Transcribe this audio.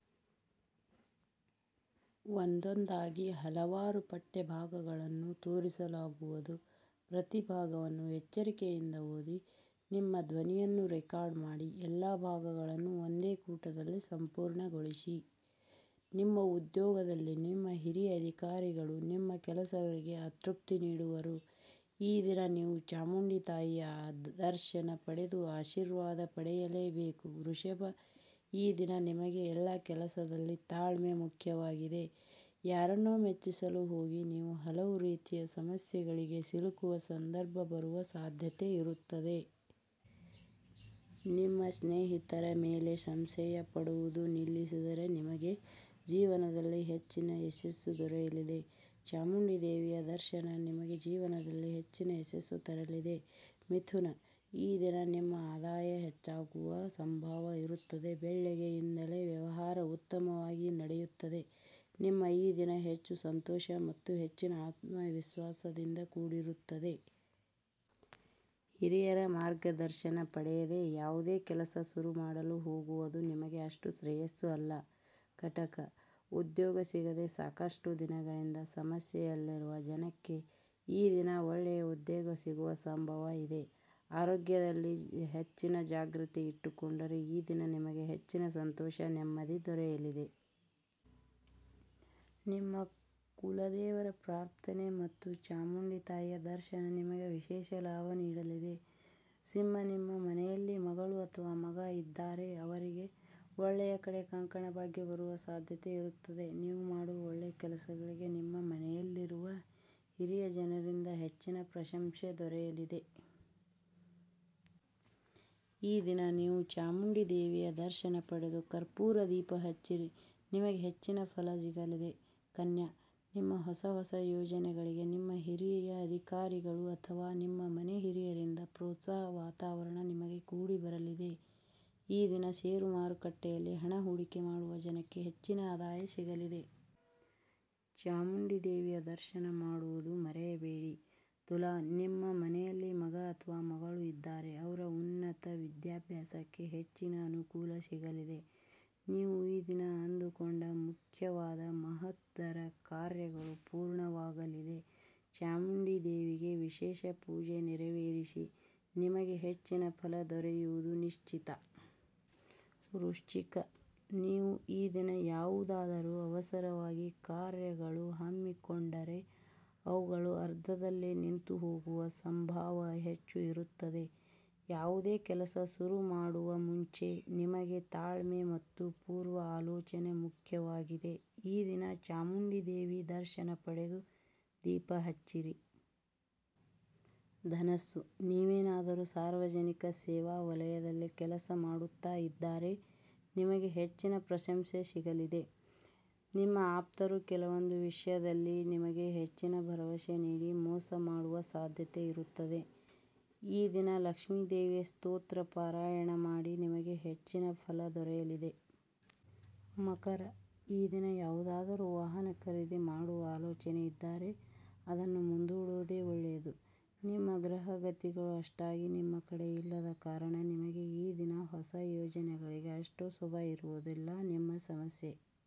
ನಿಮ್ಮ ಉದ್ಯೋಗದಲ್ಲಿ ನಿಮ್ಮ ಹಿರಿಯ ಅಧಿಕಾರಿಗಳು ನಿಮ್ಮ ಕೆಲಸಗಳಿಗೆ ಅತೃಪ್ತಿ ನೀಡುವರು. ಈ ದಿನ ನೀವು ಚಾಮುಂಡಿ ತಾಯಿಯ ದರ್ಶನ ಪಡೆದು ಆಶೀರ್ವಾದ ಪಡೆಯಲೇ ಬೇಕು. ವೃಷಭ- ಈ ದಿನ ನಿಮಗೆ ಎಲ್ಲ ಕೆಲಸದಲ್ಲಿ ತಾಳ್ಮೆ ಮುಖ್ಯ ವಾಗಿದೆ. ಯಾರನ್ನೋ ಮೆಚ್ಚಿಸಲು ಹೋಗಿ ನೀವು ಹಲವು ರೀತಿಯ ಸಮಸ್ಯೆಗಳಿಗೆ ಸಿಲುಕುವ ಸಂಧರ್ಭ ಬರುವ ಸಾಧ್ಯತೆ ಇರುತ್ತದೆ. ನಿಮ್ಮ ಸ್ನೇಹಿತರ ಮೇಲೆ ಸಂಶಯ ಪಡುವುದು ನಿಲ್ಲಸಿದರೆ ನಿಮಗೆ ಜೀವನದಲ್ಲಿ ಹೆಚ್ಚಿನ ಯಶಸ್ಸು ದೊರೆಯಲಿದೆ. ಚಾಮುಂಡಿ ದೇವಿಯ ದರ್ಶನ ನಿಮಗೆ ಜೀವನದಲ್ಲಿ ಹೆಚ್ಚಿನ ಯಶಸ್ಸು ತರಲಿದೆ. ಮಿಥುನ- ಈ ದಿನ ನಿಮ್ಮ ಆದಾಯ ಹೆಚ್ಚಾಗುವ ಸಂಭಾವ ಇರುತ್ತದೆ ಬೆಳ್ಳೆಗೆಯಿಂದಲೇ ವ್ಯವಹಾರ ಉತ್ತಮವಾಗಿ ನಡೆಯುತ್ತದೆ. ನಿಮ್ಮ ಈ ದಿನ ಹೆಚ್ಚು ಸಂತೋಷ ಮತ್ತು ಹೆಚ್ಚಿನ ಆತ್ಮವಿಶ್ವಾಸ ದಿಂದ ಕೂಡಿರುತ್ತದೆ. ಹಿರಿಯರ ಮಾರ್ಗದರ್ಶನ ಪಡೆಯದೇ ಯಾವುದೇ ಕೆಲಸ ಶುರು ಮಾಡಲು ಹೋಗುವುದು ನಿಮಗೆ ಅಷ್ಟು ಶ್ರೇಯಸ್ಸು ಅಲ್ಲ. ಕಟಕ: ಉದ್ಯೋಗ ಸಿಗದೇ ಸಾಕಷ್ಟು ದಿನಗಳಿಂದ ಸಮಸ್ಯೆ ಯಲ್ಲಿರುವ ಜನಕ್ಕೆ ಈ ದಿನ ಒಳ್ಳೆಯ ಉದ್ಯೋಗ ಸಿಗುವ ಸಂಭವ ಇದೆ. ಆರೋಗ್ಯದಲ್ಲಿ ಹೆಚ್ಚಿನ ಜಾಗ್ರತೆ ಇಟ್ಟುಕೊಂಡರೆ ಈ ದಿನ ನಿಮಗೆ ಹೆಚ್ಚಿನ ಸಂತೋಷ ನೆಮ್ಮದಿ ದೊರೆಯಲಿದೆ. ನಿಮ್ಮ ಕುಲ ದೇವರ ಪ್ರಾರ್ಥನೆ ಮತ್ತು ಚಾಮುಂಡಿ ತಾಯಿಯ ದರ್ಶನ ನಿಮಗೆ ವಿಶೇಷ ಲಾಭ ನೀಡಲಿದೆ. ಸಿಂಹ- ನಿಮ್ಮ ಮನೆಯಲ್ಲಿ ಮಗಳು ಅಥವಾ ಮಗ ಇದ್ದಾರೆ ಅವರಿಗೆ ಒಳ್ಳೆಯ ಕಡೆ ಕಂಕಣ ಭಾಗ್ಯ ಬರುವ ಸಾಧ್ಯತೆ ಇರುತ್ತದೆ. ನೀವು ಮಾಡುವ ಒಳ್ಳೆ ಕೆಲಸಗಳಿಗೆ ನಿಮ್ಮ ಮನೆಯಲ್ಲಿರುವ ಹಿರಿಯ ಜನರಿಂದ ಹೆಚ್ಚಿನ ಪ್ರಶಂಶೆ ದೊರೆಯಲಿದೆ. ಈ ದಿನ ನೀವು ಚಾಮುಂಡಿ ದೇವಿಯ ದರ್ಶನ ಪಡೆದು ಕರ್ಪೂರ ದೀಪ ಹಚ್ಚಿರಿ ನಿಮಗೆ ಹೆಚ್ಚಿನ ಫಲ ಸಿಗಲಿದೆ. ಕನ್ಯಾ- ನಿಮ್ಮ ಹೊಸ ಹೊಸ ಯೋಜನೆಗಳಿಗೆ ನಿಮ್ಮ ಹಿರಿಯ ಅಧಿಕಾರಿಗಳು ಅಥವಾ ನಿಮ್ಮ ಮನೆ ಹಿರಿಯರಿಂದ ಪ್ರೋತ್ಸಾಹ ವಾತಾವರಣ ನಿಮಗೆ ಕೂಡಿ ಬರಲಿದೆ. ಈ ದಿನ ಷೇರು ಮಾರುಕಟ್ಟೆಯಲ್ಲಿ ಹಣ ಹೂಡಿಕೆ ಮಾಡುವ ಜನಕ್ಕೆ ಹೆಚ್ಚಿನ ಆದಾಯ ಸಿಗಲಿದೆ. ಚಾಮುಂಡಿ ದೇವಿಯ ದರ್ಶನ ಮಾಡುವುದು ಮರೆಯಬೇಡಿ. ತುಲಾ- ನಿಮ್ಮ ಮನೆಯಲ್ಲಿ ಮಗ ಅಥವಾ ಮಗಳು ಇದ್ದಾರೆ ಅವ್ರ ಉನ್ನತ ವಿದ್ಯಾಭ್ಯಾಸಕ್ಕೆ ಹೆಚ್ಚಿನ ಅನುಕೂಲ ಸಿಗಲಿದೆ. ನೀವು ಈ ದಿನ ಅಂದು ಕೊಂಡ ಮುಖ್ಯವಾದ ಮಹತ್ತರ ಕಾರ್ಯಗಳು ಪೂರ್ಣವಾಗಲಿದೆ. ಚಾಮುಂಡಿ ದೇವಿಗೆ ವಿಶೇಷ ಪೂಜೆ ನೆರವೇರಿಸಿ ನಿಮಗೆ ಹೆಚ್ಚಿನ ಫಲ ದೊರೆವುದು ನಿಶ್ಚಿತ. ವೃಶ್ಚಿಕ- ನೀವು ಈ ದಿನ ಯಾವುದಾದರೂ ಅವಸರವಾಗಿ ಕಾರ್ಯಗಳು ಹಮ್ಮಿಕೊಂಡರೆ ಅವುಗಳು ಅರ್ಧದಲ್ಲೇ ನಿಂತು ಹೋಗುವ ಸಂಭಾವ ಹೆಚ್ಚು ಇರುತ್ತದೆ. ಯಾವುದೇ ಕೆಲಸ ಶುರು ಮಾಡುವ ಮುಂಚೆ ನಿಮಗೆ ತಾಳ್ಮೆ ಮತ್ತು ಪೂರ್ವ ಆಲೋಚನೆ ಮುಖ್ಯವಾಗಿದೆ ಈ ದಿನ ಚಾಮುಂಡಿ ದೇವಿ ದರ್ಶನ ಪಡೆದು ದೀಪ ಹಚ್ಚಿರಿ. ಧನಸ್ಸು- ನೀವೇನಾದರೂ ಸಾರ್ವಜನಿಕ ಸೇವಾ ವಲಯದಲ್ಲಿ ಕೆಲಸ ಮಾಡುತ್ತಾ ಇದ್ದಾರೆ ನಿಮಗೆ ಹೆಚ್ಚಿನ ಪ್ರಶಂಶೆ ಸಿಗಲಿದೆ. ನಿಮ್ಮ ಆಪ್ತರು ಕೆಲವೊಂದು ವಿಷ್ಯದಲ್ಲಿ ನಿಮಗೆ ಹೆಚ್ಚಿನ ಭರವಸೆ ನೀಡಿ ಮೋಸ ಮಾಡುವ ಸಾಧ್ಯತೆ ಇರುತ್ತದೆ. ಈ ದಿನ ಲಕ್ಷ್ಮಿ ದೇವಿಯ ಸ್ತೋತ್ರ ಪಾರಾಯಣ ಮಾಡಿ ನಿಮಗೆ ಹೆಚ್ಚಿನ ಫಲ ದೊರೆಯಲಿದೆ. ಮಕರ: ಈ ದಿನ ಯಾವುದಾದರೂ ವಾಹನ ಖರೀದಿ ಮಾಡುವ ಆಲೋಚನೆ ಇದ್ದಾರೆ ಅದನ್ನು ಮುಂದೂಡುವುದೇ ಒಳ್ಳೆಯದು ನಿಮ್ಮ ಗ್ರಹ ಗತಿಗಳು ಅಷ್ಟಾಗಿ ನಿಮ್ಮ ಕಡೆ ಇಲ್ಲದ ಕಾರಣ ನಿಮಗೆ ಈ ದಿನ ಹೊಸ ಯೋಜನೆಗಳಿಗೆ ಅಷ್ಟು ಶುಭ ಇರುವುದಿಲ್ಲ ನಿಮ್ಮ ಸಮಸ್ಯೆ